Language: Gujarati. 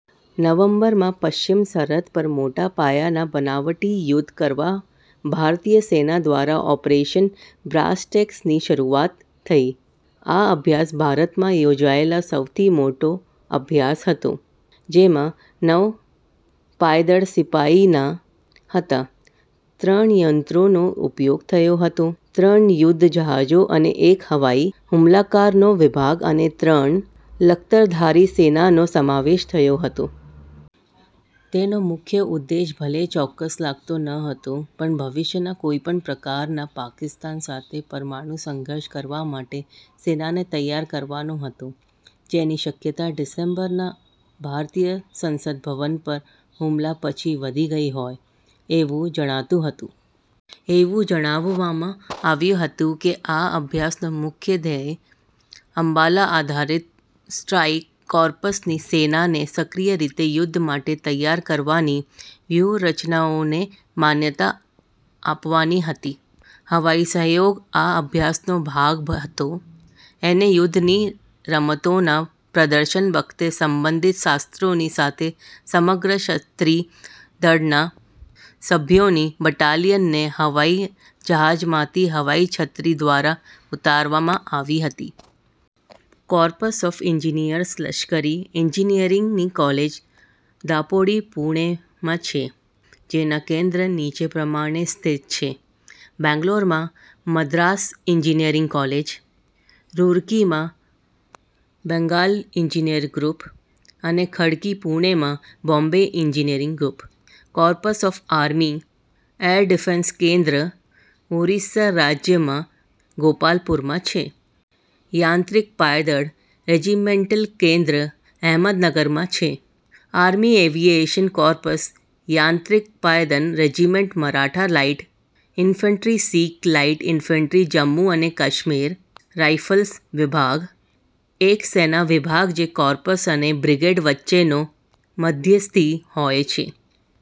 નવેમ્બર માં પશ્ચિમ સરહદ પર મોટા પાયાના બનાવટી યુદ્ધ કરવા ભારતીય સેના દ્વારા ઓપરેશન બ્રાસટેકસની શરૂઆત થઈ. આ અભ્યાસ ભારતમાં યોજાયેલ સૌથી મોટો અભ્યાસ હતો, જેમાં નવ પાયદળ સિપાહીના હતા, ત્રણ યંત્રનો ઉપયોગ થયો હતો, ત્રણ યુદ્ધ જહાજો અને એક હવાઈ હુમલાકારનો વિભાગ અને ત્રણ બખ્તરધારી સેનાનો સમાવેશ થયો હતો. તેનો મુખ્ય ઉદ્દેશ ભલે ચોક્કસ લાગતો ન હતો પણ ભવિષ્યના કોઈપણ પ્રકારના પાકિસ્તાન સાથે પરમાણુ સંઘર્ષ કરવા માટે સેનાને તૈયાર કરવાનો હતો, જેની શકયતા ડિસેમ્બરના ભારતીય સંસદભવન પરના હુમલા પછી વધી ગઈ હોય, એવું જણાતું હતું. એવું જણાવવામાં આવ્યું હતું કે આ અભ્યાસનો મુખ્ય ધ્યેય અંબાલા -આધારિત સ્ટ્રાઈક કોર્પ્સની સેનાને સક્રિય રીતે યુદ્ધ માટે તૈયાર કરવાની વ્યુહરચનાઓને માન્યતા આપવાની હતી. હવાઈ સહયોગ આ અભ્યાસનો ભાગ હતો, અને યુદ્ધની રમતોના પ્રદર્શન વખતે સંબંધિત શસ્ત્રોની સાથે સમગ્ર છત્રી દળના સભ્યોની બટાલીયનને હવાઈ જહાજમાંથી હવાઈ છત્રી દ્વારા ઉતારવામાં આવી હતી. કોર્પ્સ ઓફ એન્જીનિયર્સ લશ્કરી એન્જીનિયરીંગની કોલેજ દાપોડી, પૂણેમાં છે. જેના કેન્દ્ર નીચે પ્રમાણે સ્થિત છે બેંગ્લોરમાં મદ્રાસ એન્જીનિયરીંગ કોલેજ, રુરકીમાં બેંગાલ એન્જીનિયર ગ્રુપ, અને ખડકી પૂણેમાં Bombay engineering group. Corps of army air defence કેન્દ્ર ઓરીસ્સા રાજ્યમાં ગોપાલપુરમાં છે. યાંત્રિક પાયદળ રેજીમેન્ટલ કેન્દ્ર અહેમદનગરમાં છે. આર્મી એવીયેશન કોર્પ્સ યાંત્રિક પાયદળ regiment Maratha light infantry Sikh light infantry Jammu અને કાશ્મીર રાઇફલ્સ વિભાગ: એક સેના વિભાગ જે કોર્પ્સ અને બ્રિગેડ વચ્ચેનો મધ્યસ્થી હોય છે.